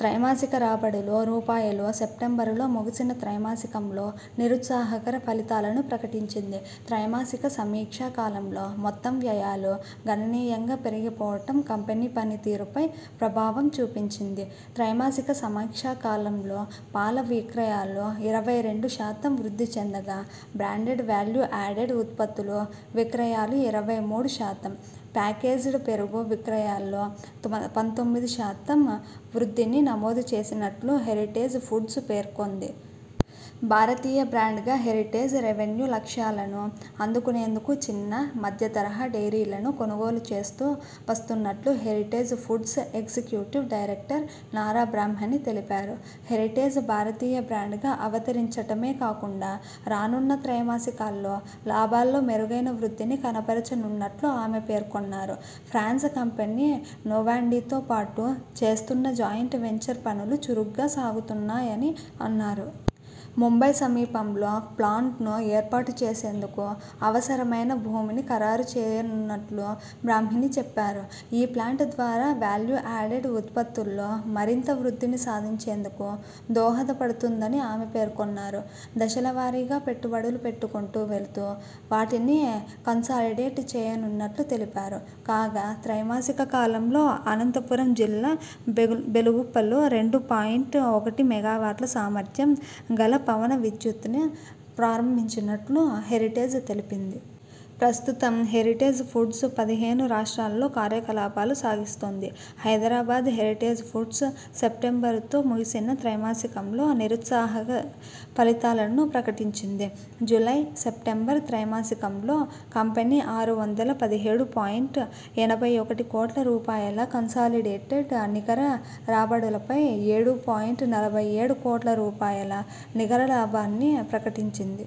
త్రైమాసిక రాబడులు, రూపాయలు, సెప్టెంబరుతో ముగిసిన త్రైమాసికంలో నిరుత్సాహకర ఫలితాలను ప్రకటించింది. త్రైమాసిక సమీ క్షా కాలంలో మొత్తం వ్యయాలు గణనీయంగా పెరిగిపోవటం కంపెనీ పనితీరుపై ప్రభావం చూపించింది. త్రైమాసిక సమీక్షా కాలంలో పాల విక్రయాలు ఇరవై రెండు శాతం వృద్ధి చెందగా బ్రాండెడ్ వాల్యూ యాడెడ్ ఉత్పత్తుల విక్రయాలు ఇరవై మూడు శాతం, ప్యాకేజ్డ్ పెరుగు విక్రయాల్లో పంతొమ్మిది శాతం వృద్ధిని నమోదు చేసినట్లు హెరిటేజ్ ఫుడ్స్ పేర్కొంది. జాతీయ బ్రాండ్గా హెరిటేజ్.. రెవెన్యూ లక్ష్యాలను అందుకునేందుకు చిన్న, మధ్యతరహా డెయిరీలను కొనుగోలు చేస్తూ వస్తున్నట్లు Heritage Foods executive director Nara Brahmani తెలిపారు. హెరిటేజ్ జాతీయ బ్రాండ్గా అవతరించటమే కాకుండా రానున్న త్రైమాసికాల్లో లాభాల్లో మెరుగైన వృద్ధిని కనబరచనున్నట్లు ఆమె పేర్కొన్నారు. ఫ్రాన్స్ కంపెనీ నొవాండీతో ఏర్పాటు చేస్తున్న జాయింట్ వెంచర్ పనులు చురుగ్గా సాగుతున్నాయని అన్నారు. ముంబై సమీపంలో ప్లాంట్ను ఏర్పాటు చేసేందుకు అవసరమైన భూమిని ఖరారు చేయనున్నట్లు బ్రాహ్మణి చెప్పారు. ఈ ప్లాంట్ ద్వారా వాల్యూ యాడెడ్ ఉత్పత్తుల్లో మరింత వృద్ధిని సాధించేందుకు దోహదపడుతుందని ఆమె పేర్కొన్నారు. దశలవారీగా పెట్టుబడులు పెట్టుకుంటూ వెళుతూ వాటిని కన్సాలిడేట్ చేయనున్నట్లు తెలిపారు. కాగా త్రైమాసిక కాలంలో అనంతపురం జిల్లా బెలుగుప్పలో రెండు పాయింట్ ఒకటి మెగావాట్ల సామర్థ్యం గల పవన విద్యుత్ను ప్రారంభించినట్లు హెరిటేజ్ తెలిపింది. ప్రస్తుతం హెరిటేజ్ ఫుడ్స్ పదిహేను రాష్ట్రాల్లో కార్యకలాపాలు సాగిస్తోంది. హైదరాబాద్ హెరిటేజ్ ఫుడ్స్.. సెప్టెంబరుతో ముగిసిన త్రైమాసికంలో నిరుత్సాహకర ఫలితాలను ప్రకటించింది. జూలై-సెప్టెంబరు త్రైమాసికంలో కంపెనీ ఆరు వందల పదిహేడు పాయింట్ ఎనభై ఒకటి కోట్ల రూపాయల కన్సాలిడేటెడ్ నికర రాబడులపై ఏడు పాయింట్ నలభై ఏడు కోట్ల రూపాయల నికర లా భాన్ని ప్రకటించింది.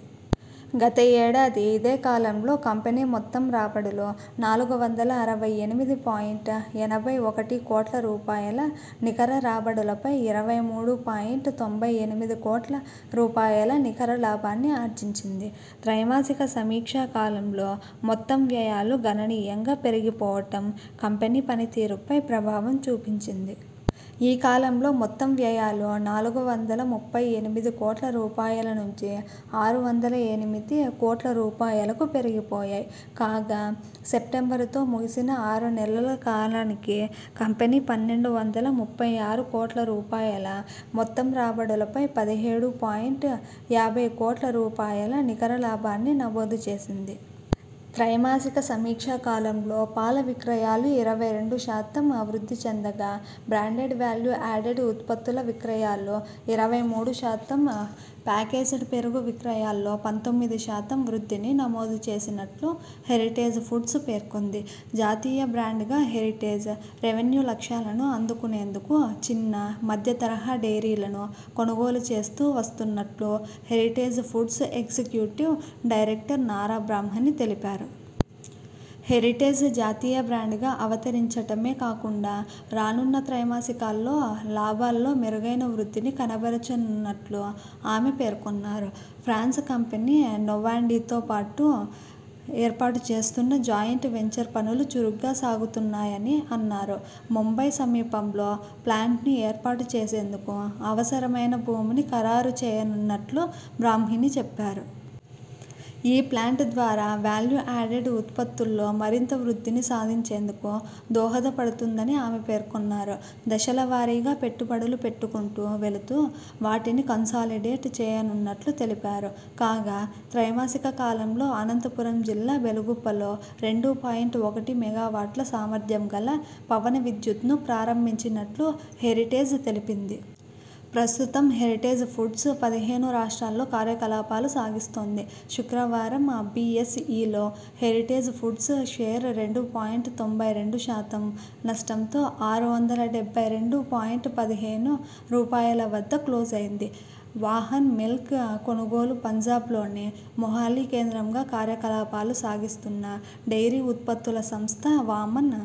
గత ఏడాది ఇదేకాలంలో కంపెనీ మొత్తం రాబడులు నాలుగు వందల అరవై ఎనిమిది పాయింట్ ఎనభై ఒకటి కోట్ల రూపాయల నికర రాబడులపై ఇరవై మూడు పాయింట్ తొంభై ఎనిమిది కోట్ల రూపాయల నికర లాభాన్ని ఆర్జించింది. త్రైమాసిక సమీ క్షా కాలంలో మొత్తం వ్యయాలు గణనీయంగా పెరిగిపోవటం కంపెనీ పనితీరుపై ప్రభావం చూపించింది. ఈ కాలంలో మొత్తం వ్యయాలు నాలుగు వందల ముప్పై ఎనిమిది కోట్ల రూపాయల నుంచి ఆరు వందల ఎనిమిది కోట్ల రూపాయలకు పెరిగిపోయాయి. కాగా సెప్టెంబరుతో ముగిసిన ఆరు నెలల కాలానికి కంపెనీ పన్నెండు వందల ముప్పై ఆరు కోట్ల రూపాయల మొత్తం రాబడులపై పదిహేడు పాయింట్ యాభై కోట్ల రూపాయల నికర లాభాన్ని నమోదు చేసింది. త్రైమాసిక సమీక్షా కాలంలో పాల విక్రయాలు ఇరవై రెండు శాతం వృద్ధి చెందగా బ్రాండెడ్ వాల్యూ యాడెడ్ ఉత్పత్తుల విక్రయాలు ఇరవై మూడు శాతం, ప్యాకేజ్డ్ పెరుగు విక్రయాల్లో పంతొమ్మిది శాతం వృద్ధిని నమోదు చేసినట్లు హెరిటేజ్ ఫుడ్స్ పేర్కొంది. జాతీయ బ్రాండ్గా హెరిటేజ్.. రెవెన్యూ లక్ష్యాలను అందుకునేందుకు చిన్న, మధ్యతరహా డెయిరీలను కొనుగోలు చేస్తూ వస్తున్నట్లు Heritage Foods executive director Nara Brahmani తెలిపారు. హెరిటేజ్ జాతీయ బ్రాండ్గా అవతరించటమే కాకుండా రానున్న త్రైమాసికాల్లో లాభాల్లో మెరుగైన వృద్ధిని కనబరచనున్నట్లు ఆమె పేర్కొన్నారు. ఫ్రాన్స్ కంపెనీ నొవాండీతో పాటు ఏర్పాటు చేస్తున్న జాయింట్ వెంచర్ పనులు చురుగ్గా సాగుతున్నాయని అన్నారు. ముంబై సమీపంలో ప్లాంట్ను ఏర్పాటు చేసేందుకు అవసరమైన భూమిని ఖరారు చేయనున్నట్లు బ్రాహ్మణి చెప్పారు. ఈ ప్లాంట్ ద్వారా వాల్యూ యాడెడ్ ఉత్పత్తుల్లో మరింత వృద్ధిని సాధించేందుకు దోహదపడుతుందని ఆమె పేర్కొన్నారు. దశలవారీగా పెట్టుబడులు పెట్టుకుంటూ వెళుతూ వాటిని కన్సాలిడేట్ చేయనున్నట్లు తెలిపారు. కాగా త్రైమాసిక కాలంలో అనంతపురం జిల్లా బెలుగుప్పలో రెండు పాయింట్ ఒకటి మెగావాట్ల సామర్థ్యం గల పవన విద్యుత్ను ప్రారంభించినట్లు హెరిటేజ్ తెలిపింది. ప్రస్తుతం హెరిటేజ్ ఫుడ్స్ పదిహేను రాష్ట్రాల్లో కార్యకలాపాలు సాగిస్తోంది. శుక్రవారం బిఎ్సఇలో హెరిటేజ్ ఫుడ్స్ షేరు రెండు పాయింట్ తొంభై రెండు శాతం నష్టంతో ఆరు వందల డెబ్బై రెండు పాయింట్ పదిహేను రూపాయల వద్ద క్లోజైంది. వామన్ మిల్క్ కొనుగోలుపంజాబ్లోని మొహాలీ కేంద్రంగా కార్యకలాపాలు సాగిస్తున్న డెయిరీ ఉత్పత్తుల సంస్థ వామన్.